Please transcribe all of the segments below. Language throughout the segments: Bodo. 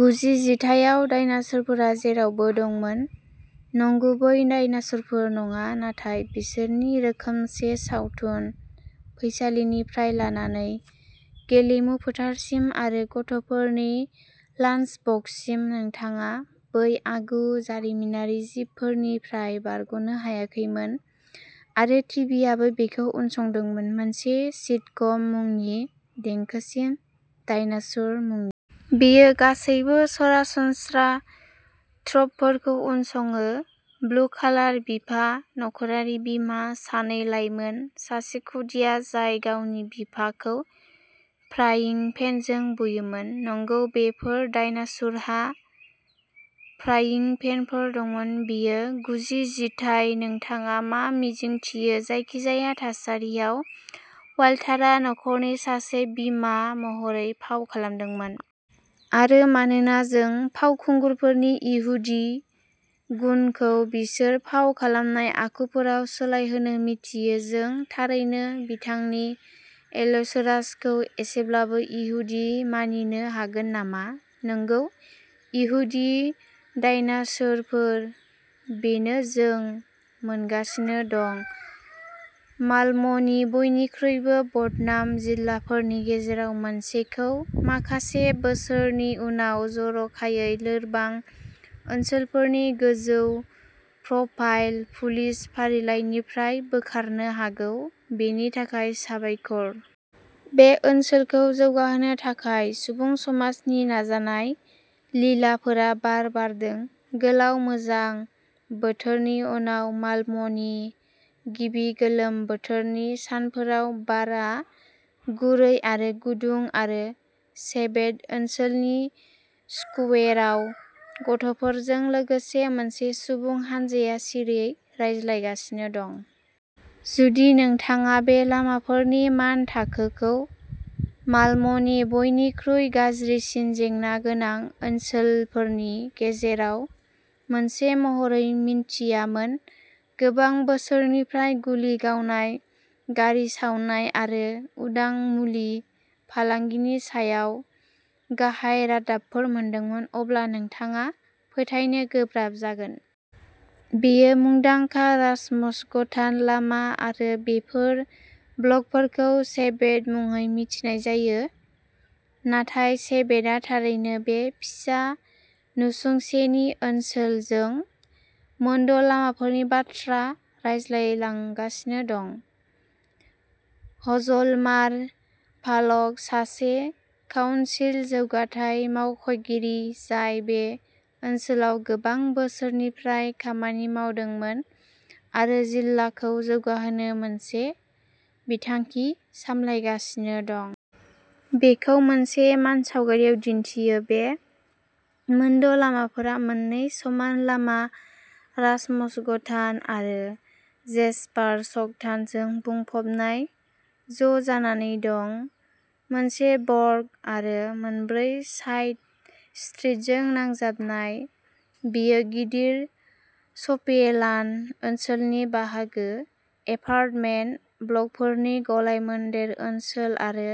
गुजि जिथाइयाव, डायनासुरफोरा जेरावबो दंमोन। नंगुबै डायनासुरफोर नङा। नाथाय बिसोरनि रोखोमसे सावथुन फैसालिनिफ्राय लानानै गेलेमु फोथारसिम आरो गथ'फोरनि लान्सबक्ससिम, नोंथाङा बै आगु जारिमिनारि जिबफोरनिफ्राय बारग'नो हायाखैमोन। आरो टिभिआबो बेखौ उनसंदोंमोन। मोनसे सिटकम मुंनि देंखोसिम, डायनासुर‌ मुंनि। बेयो गासैबो सरासनस्रा ट्रपफोरखौ उनसङो। ब्लु कालार बिफा, न'खरारि बिमा, सानै लाइमोन, सासे खुदिया जाय गावनि बिफाखौ फ्राइं पेनजों बुयोमोन। नंगौ, बेफोर डायनासुरहा फ्राइं पेनफोर दंमोन। बेयो गुजि जिथाइ। नोंथाङा मा मिजिंथियो। जायखिजाया थासारियाव, वालटारा नखरनि सासे बिमा महरै फाव खालामदोंमोन। आरो मानोना जों फावखुंगुरफोरनि इहुदि गुनखौ बिसोर फाव खालामनाय आखुफोराव सोलायहोनो मिथियो। जों थारैनो बिथांनि एल'सोरासखौ एसेब्लाबो इहुदि मानिनो हागोन नामा? नंगौ। इहुदि डायनासोरफोर। बेनो जों मोनगासिनो दं। मालम'नि बयनिख्रुइबो बदनाम जिल्लाफोरनि गेजेराव मोनसेखौ माखासे बोसोरनि उनाव जर'खायै लोरबां ओनसोलफोरनि गोजौ प्रफाइल पुलिस फारिलाइनिफ्राय बोखारनो हागौ, बेनि थाखाय साबायखर। बे ओनसोलखौ जौगाहोनो थाखाय सुबुं समाजनि नाजानाय। लिलाफोरा बार बारदों। गोलाव गोजां बोथोरनि उनाव मालम'नि गिबि गोलोम बोथोरनि सानफोराव बारआ गुरै आरो गुदुं आरो सेभेद ओनसोलनि स्कुवेराव गथ'फोरजों लोगोसे मोनसे सुबुं हानजाया सिरियै रायज्लायगासिनो दं। जुदि नोंथाङा बे लामाफोरनि मान थाखोखौ मालम'नि बयनिख्रुइ गाज्रिसिन जेंना गोनां ओनसोलफोरनि गेजेराव मोनसे महरै मिनथियामोन। गोबां बोसोरनिफ्राय गुलि गावनाय, गारि सावनाय आरो उदां मुलि फालांगिनि सायाव गाहाय रादाबफोर मोनदोंमोन। अब्ला नोंथाङा फोथायनो गोब्राब जागोन। बेयो मुंदांखा रासमसगतान लामा आरो बेफोर ब्लकफोरखौ सेभेद मुङै मिथिनाय जायो, नाथाय सेभेदआ थारैनो बे फिसा नसुंसेनि ओनसोल जों मोनद'लामाफोरनि बाथ्रा रायज्लांगासिनो दं। हजलमार फाल्क, सासे काउनसिल जौगाथाय मावख'गिरि जाय बे ओनसोलाव गोबां बोसोरनिफ्राय खामानि मावदोंमोन आरो जिल्लाखौ जौगाहोनो मोनसे बिथांखि सामलायगासिनो दं। बेखौ मोनसे मानसावगारियाव दिन्थियो। बे मोनद'लामाफोरा मोन्नै समान लामा रासमसगतान आरो जेस्पारसगतानजों बुंफबनाय‌ ज'जानानै दं। मोनसे बर्ग आरो मोनब्रै साइड स्ट्रिटजों नांजाबनाय। बेयो गिदिर सफियेलान्ड ओनसोलनि बाहागो, एपार्टमेन्ट ब्लकफोरनि गलायमोन्देर ओनसोल आरो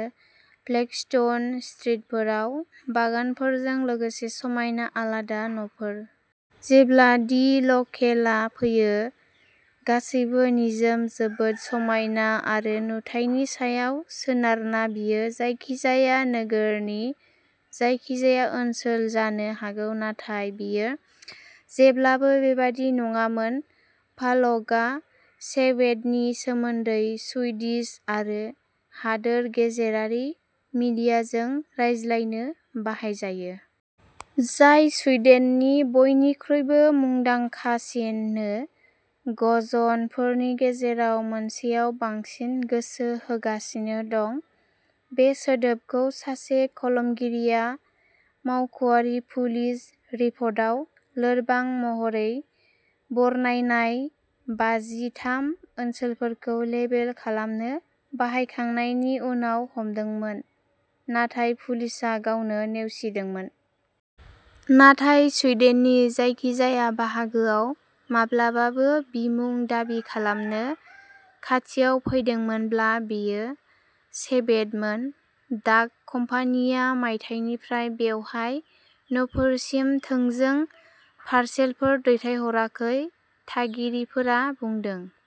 फ्लेगस्टोन स्ट्रिटफोराव बागानफोरजों लोगोसे समायना, आलादा न'फोर। जेब्ला दि लकेलआ फैयो, गासैबो निजोम, जोबोद समायना, आरो नुथायनि सायाव सोनारना बेयो जायखिजाया नोगोरनि जायखिजाया ओनसोल जानो हागौ। नाथाय बेयो जेब्लाबो बेबादि नङामोन। फाल्कआ सेवेदनि सोमोन्दै सुइडिश आरो हादोर गेजेरारि मिडियाजों रायज्लायनो बाहायजायो। जाय सुइडेननि बयनिख्रुइबो मुंदांखासिन नो ग'जन फोरनि गेजेराव मोनसेयाव बांसिन गोसो होगासिनो दं। बे सोदोबखौ सासे कलमगिरिआ मावख'आरि पुलिस रिपर्टआव लोरबां महरै बरनायनाय बाजि थाम ओनसोलफोरखौ लेबेल खालामनो बाहायखांनायनि उनाव हमदोंमोन। नाथाय पुलिसआ गावनो नेवसिदोंमोन। नाथाय सुइडेननि जायखिजाया बाहागोआव माब्लाबाबो बिमुं दाबि खालामनो खाथियाव फैदोंमोनब्ला, बेयो सेभेदमोन। डाक कम्पानिया मायथाइनिफ्राय बेवहाय न'फोरसिम थोंजों पारसेलफोर दैथायहराखै, थागिरिफोरा बुंदों।